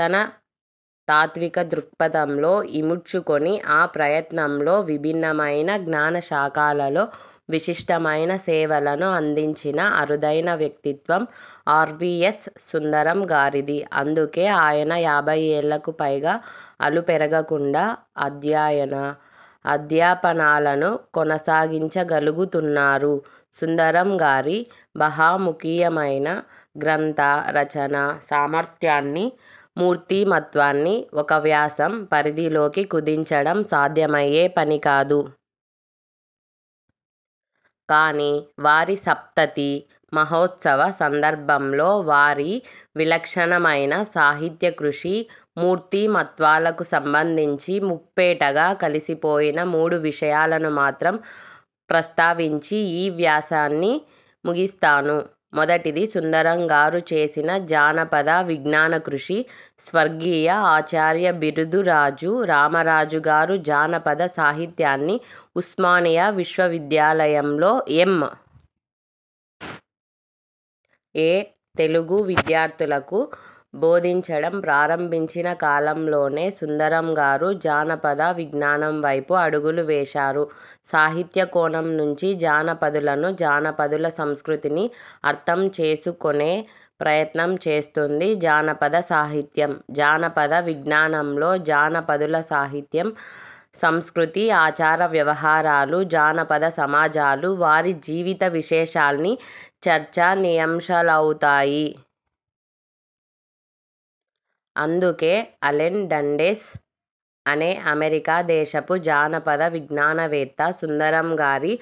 తన తాత్విక దృక్పథంలో ఇముడ్చుకొని, ఆ ప్రయత్నంలో విభిన్నమైన జ్ఞాన శాఖలలో విశిష్టమైన సేవలను అందించిన అరుదైన వ్యక్తిత్వం ఆర్వీయస్ సుందరం గారిది. అందుకే ఆయన యాభై ఏళ్ళకు పైగా అలుపెరగకుండా అధ్యయన, అధ్యాపనాలను కొనసాగించగలుగుతున్నారు. సుందరం గారి బహుముఖీయమైన గ్రంథ రచన సామర్థ్యాన్ని, మూర్తీమత్వాన్ని, ఒక వ్యాసం పరిధిలోకి కుదించడం సాధ్యమయ్యే పని కాదు. కానీ, వారి సప్తతి మహోత్సవ సందర్భంలో వారి విలక్షణమైన సాహిత్య కృషి, మూర్తిమత్వాలకు సంబంధించి ముప్పేటగా కలిసిపోయిన మూడు విషయాలను మాత్రం ప్రస్తావించి ఈ వ్యాసాన్ని ముగిస్తాను. మొదటిది సుందరంగారు చేసిన జానపద విజ్ఞాన కృషి. స్వర్గీయ ఆచార్య బిరుదురాజు రామరాజు గారు జానపద సాహిత్యాన్ని ఉస్మానియా విశ్వవిద్యాలయంలో ఎమ్. ఏ. తెలుగు విద్యార్థులకు బోధించడం ప్రారంభించిన కాలంలోనే సుందరంగారు, జానపద విజ్ఞానం వైపు అడుగులు వేశారు. సాహిత్య కోణం నుంచి జానపదులను, జానపదుల సంస్కృతిని అర్థం చేసుకొనే ప్రయత్నం చేస్తుంది జానపద సాహిత్యం. జానపద విజ్ఞానంలో జానపదుల సాహిత్యం, సంస్కృతి, ఆచార వ్యవహారాలు, జానపద సమాజాలు, వారి జీవిత విశేషాలన్నీ చర్చనీయాంశాలవుతాయి. అందుకే అలెన్ డండెస్ అనే అమెరికా దేశపు జానపద విజ్ఞానవేత్త సుందరం గారి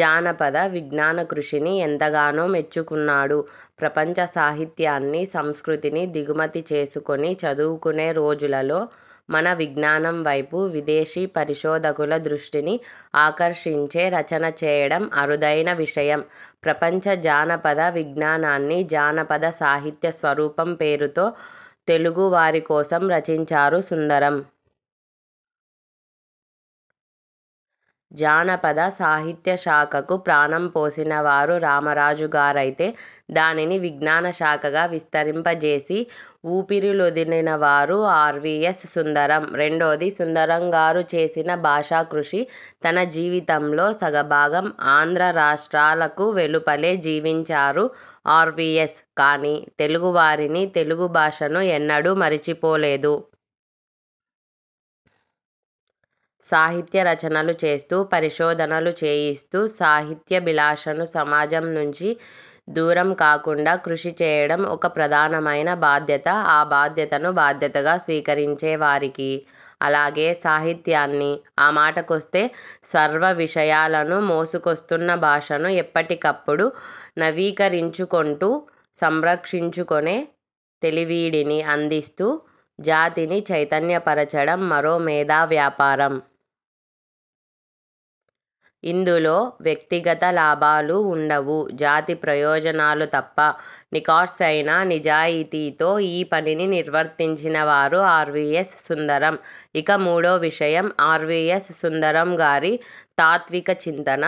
జానపద విజ్ఞాన కృషిని ఎంతగానో మెచ్చుకున్నాడు. ప్రపంచ సాహిత్యాన్ని, సంస్కృతిని దిగుమతి చేసుకొని చదువుకునే రోజులలో, మన విజ్ఞానంవైపు, విదేశీ పరిశోధకుల దృష్టిని ఆకర్షించే రచన చేయడం అరుదైన విషయం. ప్రపంచ జానపద విజ్ఞానాన్ని 'జానపద సాహిత్య స్వరూపం' పేరుతో తెలుగు వారికోసం రచించారు సుందరం. జానపద సాహిత్య శాఖకు ప్రాణం పోసినవారు రామరాజుగారైతే, దానిని విజ్ఞాన శాఖగా విస్తరింపజేసి, ఊపిరులూదినవారు ఆర్వీయస్ సుందరం. రెండోది – సుందరం గారు చేసిన భాషా కృషి. తన జీవితంలో సగభాగం ఆంధ్ర రాష్ట్రాల కు వెలుపలే జీవించారు ఆర్వీయస్. కానీ, తెలుగువారిని, తెలుగు భాషను ఎన్నడూ మరిచిపోలేదు. సాహిత్య రచనలు చేస్తూ, పరిశోధనలు చేయిస్తూ, సాహిత్యాభిలాషను సమాజం నుంచి దూరం కాకుండా కృషిచేయడం ఒక ప్రధానమైన బాధ్యత – ఆ బాధ్యతను బాధ్యతగా స్వీకరించేవారికి. అలాగే, సాహిత్యాన్ని, ఆ మాటకొస్తే, సర్వవిషయాలను మోసుకొస్తున్న భాషను ఎప్పటికప్పుడు నవీకరించుకొంటూ, సంరక్షించుకొనే తెలివిడిని అందిస్తూ, జాతిని చైతన్య పరచడం మరో మేధా వ్యాపారం. ఇందులో వ్యక్తిగత లాభాలు ఉండవు జాతి ప్రయోజనాలు తప్ప! నిఖార్సైన నిజాయితీతో ఈ పనిని నిర్వర్తించినవారు ఆర్వీయస్ సుందరం. ఇక, మూడో విషయం – ఆర్వీయస్ సుందరం గారి తాత్విక చింతన.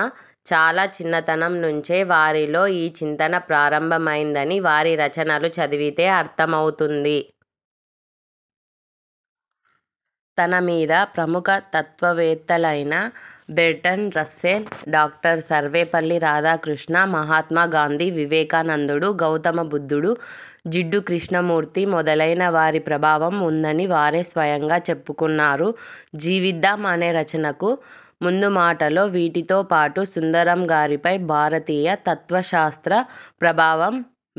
చాలా చిన్నతనం నుంచే వారిలో ఈ చింతన ప్రారంభమైందని వారి రచనలు చదివితే అర్థమవుతుంది. తన మీద ప్రముఖ తత్వవేత్తలైన Bertrand Russell, doctor Sarvepalli Radhakrishna, Mahatma Gandhi, వివేకానందుడు, గౌతమ బుద్ధుడు, జిడ్డు కృష్ణమూర్తి మొదలైన వారి ప్రభావం ఉందని వారే స్వయంగా చెప్పుకున్నారు 'జీవిద్దాం' అనే రచనకు ముందుమాటలో వీటితోపాటు సుందరం గారిపై భారతీయ తత్వశాస్త్ర ప్రభావం,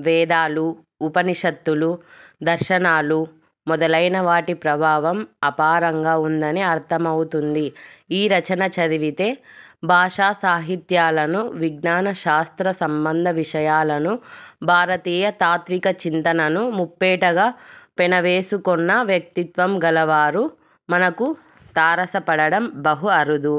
వేదాలు, ఉపనిషత్తులు, దర్శనాలు మొదలైనవాటి ప్రభావం అపారంగా ఉందని అర్థమవుతుంది, ఈ రచన చదివితే భాషాసాహిత్యాలను, విజ్ఞాన శాస్త్ర సంబంధ విషయాలను, భారతీయ తాత్విక చింతనను ముప్పేటగా పెనవేసుకొన్న వ్యక్తిత్వం గలవారు మనకు తారసపడడం బహు అరుదు.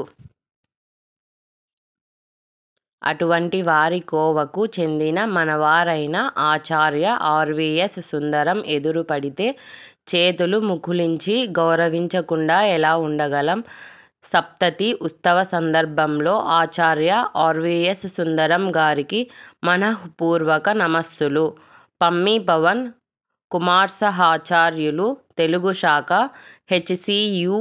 అటువంటి వారి కోవకు చెందిన, మనవారైన ఆచార్య ఆర్వీయస్ సుందరం ఎదురుపడితే చేతులు ముకుళించి గౌరవించకుండా ఎలా ఉండగలం? సప్తతి ఉత్సవ సందర్భంలో ఆచార్య ఆర్వీయస్ సుందరం గారికి మనఃపూర్వక నమస్సులు. పమ్మి పవన్ కుమార్సహాచార్యులు, తెలుగుశాఖ, హెచ్సీయూ